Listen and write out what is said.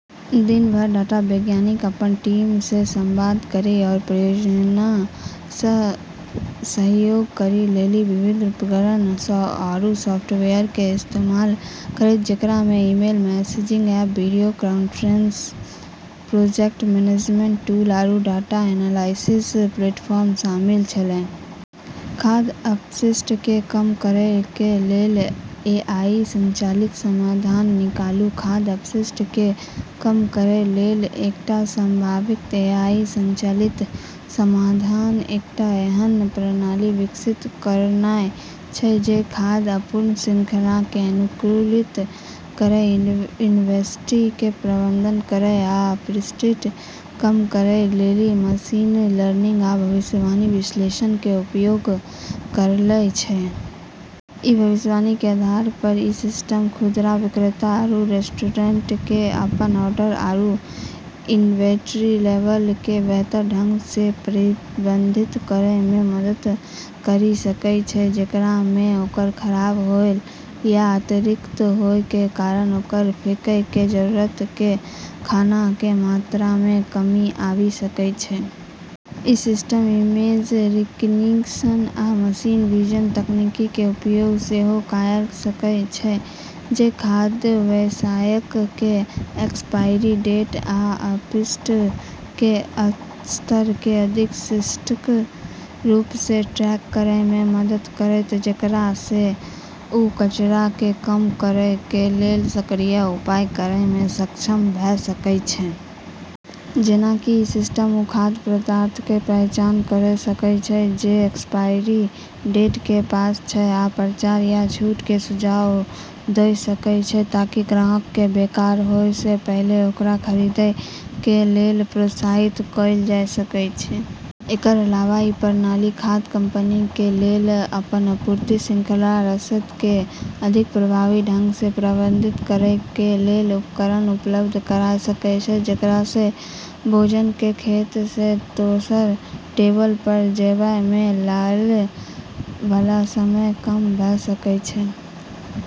दिन भर डाटा वैज्ञानिक अपनऽ टीम स॑ संवाद करै आरू परियोजना प॑ सहयोग करै लेली विभिन्न उपकरण आरू सॉफ्टवेयर के इस्तेमाल करतै, जेकरा म॑ email, messaging app, video conferencing, project management tool, आरू डाटा एनालिसिस प्लेटफॉर्म शामिल छेलै। खाद्य अपशिष्ट कें कम करय कें लेल एआई संचालित समाधान निकालूं. खाद्य अपशिष्ट कें कम करय कें लेल एकटा संभावित एआई संचालित समाधान एकटा एहन प्रणाली विकसित करनाय छै जे खाद्य आपूर्ति श्रृंखला कें अनुकूलित करय, इन्वेंट्री कें प्रबंधन करय आ अपशिष्ट कें कम करय कें लेल मशीन लर्निंग आ भविष्यवाणी विश्लेषण कें उपयोग करय छै. ई भविष्यवाणी के आधार प॑ ई सिस्टम खुदरा विक्रेता आरू रेस्टोरेंट क॑ अपनऽ ऑर्डर आरू इन्वेंट्री लेवल क॑ बेहतर ढंग स॑ प्रबंधित करै म॑ मदद करी सकै छै, जेकरा स॑ ओकरा खराब होय या अतिरिक्त होय के कारण ओकरा फेंकै के जरूरत के खाना के मात्रा म॑ कमी आबी सकै छै। इ सिस्टम इमेज रिकग्निशन आ मशीन विजन तकनीक कें उपयोग सेहो कयर सकय छै, जे खाद्य व्यवसायक कें एक्सपायरी डेट आ अपशिष्ट कें स्तर कें अधिक सटीक रूप सं ट्रैक करय मे मदद करतय, जेकरा सं ओ कचरा कें कम करय कें लेल सक्रिय उपाय करय मे सक्षम भ सकय छै. जेना कि इ सिस्टम ओ खाद्य पदार्थक कें पहचान कयर सकय छै जे ओकर एक्सपायरी डेट कें पास छै आ प्रचार या छूट कें सुझाव द सकय छै ताकि ग्राहकक कें बेकार होय सं पहिले ओकरा खरीदय कें लेल प्रोत्साहित कैल जा सकय. एकर अलावा इ प्रणाली खाद्य कंपनीक कें लेल अपन आपूर्ति श्रृंखला रसद कें अधिक प्रभावी ढंग सं प्रबंधित करय कें लेल उपकरण उपलब्ध करा सकय छै, जेकरा सं भोजन कें खेत सं दोसर टेबल पर जेवा मे लगय वाला समय कम भ सकय छै.